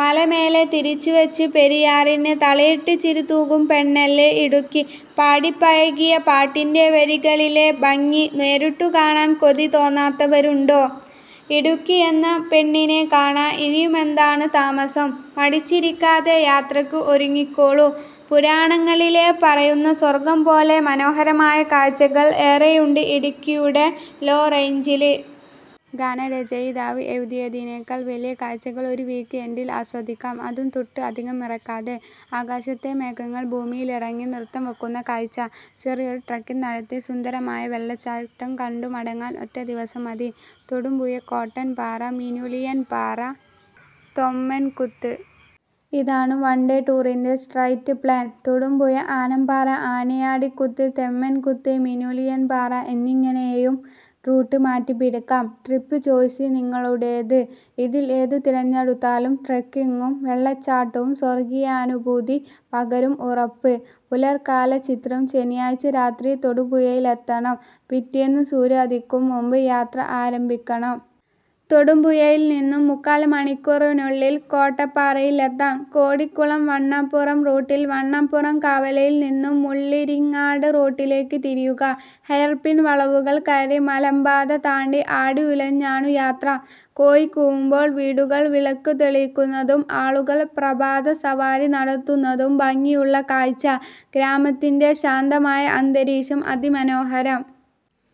മലമേലെ തിരിവച്ച് പെരിയാറിന് തളയിട്ട് ചിരിതൂകും പെണ്ണല്ലേ ഇടുക്കി. പാടിപ്പഴകിയ പാട്ടിന്റെ വരികളിലെ ഭംഗി നേരിട്ടു കാണാൻ കൊതി തോന്നാത്തവരുണ്ടോ? ഇടുക്കി എന്ന പെണ്ണിനെ കാണാൻ ഇനിയുമെന്താണു താമസം? മടിച്ചിരിക്കാതെ യാത്രയ്ക്ക് ഒരുങ്ങിക്കോളൂ. പുരാണങ്ങളിൽ പറയുന്ന സ്വർഗം പോലെ മനോഹരമായ കാഴ്ചകൾ ഏറെയുണ്ട് ഇടുക്കിയുടെ ' ലോ റേഞ്ചില് '. ഗാനരചയിതാവ് എഴുതിയതിനേക്കാൾ വലിയ കാഴ്ചകൾ ഒരു വീക്ക് എൻഡിൽ ആദ്വസിക്കാം. അതും ' തുട്ട് ' അധികം ഇറക്കാതെ. ആകാശത്തെ മേഘങ്ങൾ ഭൂമിയിലിറങ്ങി നൃത്തം വയ്ക്കുന്ന കാഴ്ച. ചെറിയൊരു ട്രെക്കിങ് നടത്തി, സുന്ദരമായ വെള്ളച്ചാട്ടം കണ്ടു മടങ്ങാൻ ഒറ്റ ദിവസം മതി. തൊടുപുഴ കോട്ടപ്പാറ- മീനുളിയാൻപാറ തൊമ്മൻകുത്ത്. ഇതാണു വൺ ഡേ ടൂറിന്റെ സ്ട്രെയിറ്റ് പ്ലാൻ. തൊടുപുഴ, ആനപ്പാറ ആനയാടിക്കുത്ത്, തൊമ്മൻകുത്ത് ,മീനുളിയാൻപാറ എന്നിങ്ങനെയും റൂട്ട് മാറ്റിപ്പിടിക്കാം. ട്രിപ്പ് ചോയ്സ് നിങ്ങളുടേത്. ഇതിൽ ഏതു തിരഞ്ഞെടുത്താലും ട്രെക്കിങ്ങും വെള്ളച്ചാട്ടവും സ്വർഗീയാനുഭൂതി പകരും, ഉറപ്പ്. പുലർകാല ചിത്രം ശനിയാഴ്ച രാത്രി തൊടുപുഴയിലെത്തണം. പിറ്റേന്നു സൂര്യനുദിക്കും മുൻപ് യാത്ര ആരംഭിക്കണം. തൊടുപുഴയിൽ നിന്നു മുക്കാൽ മണിക്കൂറിനുള്ളിൽ കോട്ടപ്പാറയിലെത്താം. കോടിക്കുളം വണ്ണപ്പുറം റൂട്ടിൽ വണ്ണപ്പുറം കവലയിൽ നിന്നു മുള്ളിരിങ്ങാട് റോഡിലേക്ക് തിരിയുക. ഹെയർപിൻ വളവുകൾ കയറി, മലമ്പാത താണ്ടി ആടിയുലഞ്ഞാണു യാത്ര. കോഴി കൂവുമ്പോൾ വീടുകളിൽ വിളക്കു തെളിയുന്നതും ആളുകൾ പ്രഭാത സവാരി നടത്തുന്നതും ഭംഗിയുള്ള കാഴ്ച. ഗ്രാമത്തിന്റെ ശാന്തമായ അന്തരീക്ഷം അതിമനോഹരം.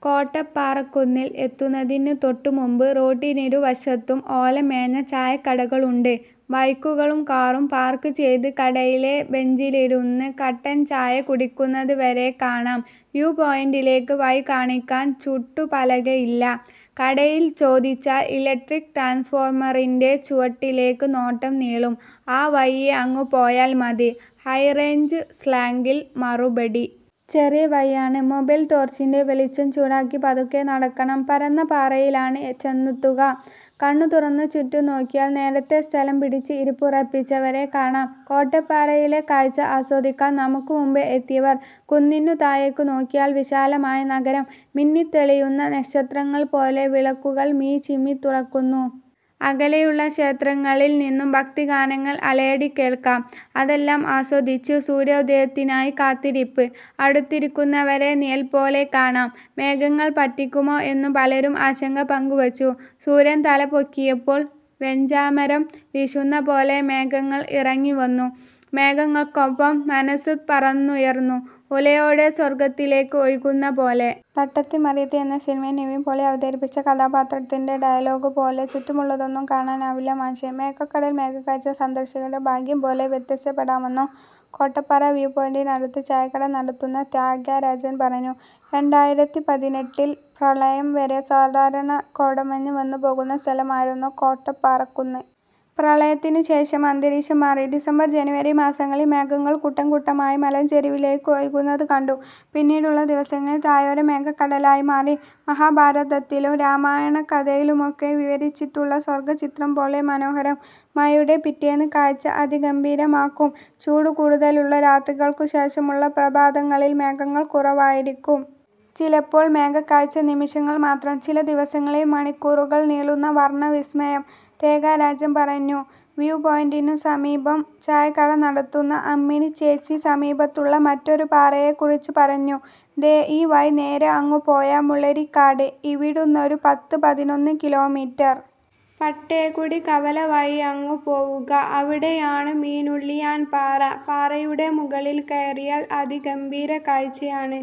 കോട്ടപ്പാറക്കുന്നിൽ എത്തുന്നതിനു തൊട്ടു മുൻപ് റോഡിനിരുവശത്തും ഓലമേഞ്ഞ ചായക്കടകളുണ്ട്. ബൈക്കുകളും കാറും പാർക്ക് ചെയ്ത് കടയിലെ ബെഞ്ചിലിരുന്നു കട്ടൻ ചായ കുടിക്കുന്നവരെ കാണാം. വ്യൂ പോയിന്റിലേക്കു വഴി കാണിക്കാൻ ചൂണ്ടു പലകയില്ല. കടയിൽ ചോദിച്ചാൽ ഇലക്ട്രിക് ട്രാൻസ്ഫോമറിന്റെ ചുവട്ടിലേക്കു നോട്ടം നീളും. ' ആ വഴിയേ അങ്ങു പോയാൽ മതി ' ഹൈറേഞ്ച് സ്ലാങ്ങിൽ മറുപടി. ചെറിയ വഴിയാണ്. മൊബൈൽ ടോർച്ചിന്റെ വെളിച്ചം ചൂടാക്കി പതുക്കെ നടക്കണം. പരന്ന പാറയിലാണ് ചെന്നെത്തുക. കണ്ണു തുറന്നു ചുറ്റും നോക്കിയാൽ നേരത്തേ സ്ഥലം പിടിച്ച് ഇരിപ്പുറപ്പിച്ചവരെ കാണാം. കോട്ടപ്പാറയിലെ കാഴ്ച ആസ്വദിക്കാൻ നമുക്കു മുൻപേ എത്തിയവർ. കുന്നിനു താഴേക്കു നോക്കിയാൽ വിശാലമായ നഗരം. മിന്നിത്തെളിയുന്ന നക്ഷത്രങ്ങൾ പോലെ വിളക്കുകൾ മിഴിചിമ്മിത്തുറക്കുന്നു. അകലെയുള്ള ക്ഷേത്രങ്ങളിൽ നിന്നു ഭക്തിഗാനത്തിന്റെ അലയടി കേൾക്കാം. അതെല്ലാം ആസ്വദിച്ച് സൂര്യോദയത്തിനായി കാത്തിരിപ്പ്. അടുത്തിരിക്കുന്നവരെ നിഴല്പോലെ കാണാം. മേഘങ്ങൾ പറ്റിക്കുമോ എന്നു പലരും ആശങ്ക പങ്കുവച്ചു. സൂര്യൻ തലപൊക്കിയപ്പോൾ വെഞ്ചാമരം വീശുന്ന പോലെ മേഘങ്ങൾ ഇറങ്ങി വന്നു. മേഘങ്ങൾക്കൊപ്പം മനസ്സ് പറന്നുയർന്നു. ഉലയോടെ സ്വർഗ്ഗത്തിലേക്ക് ഒഴുകുന്ന പോലെ. ' തട്ടത്തിൻ മറയത്ത് ' എന്ന സിനിമയിൽ നിവിൻ പോളി അവതരിപ്പിച്ച കഥാപാത്രത്തിന്റെ ഡയലോഗ് പോലെ ' ചുറ്റുമുള്ളതൊന്നും കാണാനാവില്ല മാഷേ '. മേഘക്കടൽ മേഘക്കാഴ്ച സന്ദർശകരുടെ ഭാഗ്യം പോലെ വ്യത്യാസപ്പെടാമെന്നു കോട്ടപ്പാറ വ്യൂ പോയിന്റിനടത്തു ചായക്കട നടത്തുന്ന ത്യാഗരാജൻ പറഞ്ഞു. രണ്ടായിരത്തിപതിനെട്ടിൽ പ്രളയം വരെ സാധാരണ കോടമഞ്ഞ് വന്നു പോകുന്ന സ്ഥലമായിരുന്നു കോട്ടപ്പാറക്കുന്ന്. പ്രളയത്തിനു ശേഷം അന്തരീക്ഷം മാറി. ഡിസംബർ, ജനുവരി മാസങ്ങളിൽ മേഘങ്ങൾ കൂട്ടംകൂട്ടമായി മലഞ്ചെരിവിലേക്ക് ഒഴുകുന്നതു കണ്ടു. പിന്നീടുള്ള ദിവസങ്ങളിൽ താഴ്വര മേഘക്കടലായി മാറി. മഹാഭാരതത്തിലും രാമായണ കഥയിലുമൊക്കെ വിവരിച്ചിട്ടുള്ള സ്വർഗചിത്രം പോലെ മനോഹരം. മഴയുടെ പിറ്റേന്ന് കാഴ്ച അതിഗംഭീരമാകും. ചൂട് കൂടുതലുള്ള രാത്രികൾക്കു ശേഷമുള്ള പ്രഭാതങ്ങളിൽ മേഘങ്ങൾ കുറവായിരിക്കും. ചിലപ്പോൾ മേഘക്കാഴ്ച നിമിഷങ്ങൾ മാത്രം. ചില ദിവസങ്ങളിൽ മണിക്കൂറുകൾ നീളുന്ന വർണവിസ്മയം. ത്യാഗരാജൻ പറഞ്ഞു. വ്യൂപോയിന്റിനു സമീപം ചായക്കട നടത്തുന്ന അമ്മിണി ചേച്ചി സമീപത്തുള്ള മറ്റൊരു പാറയെക്കുറിച്ച് പറഞ്ഞു. '' ദേ, ഈ വഴി നേരെയങ്ങു പോയാൽ മുള്ളിരിങ്ങാട്. ഇവിടുന്നൊരു പത്തു പതിനൊന്ന് കിലോമീറ്റർ. പട്ടേക്കുടി കവല വഴിയങ്ങു പോവുക. അവിടെയാണു മീനുളിയാൻപാറ. പാറയുടെ മുകളിൽ കയറിയാൽ അതിഗംഭീര കാഴ്ചയാണ്.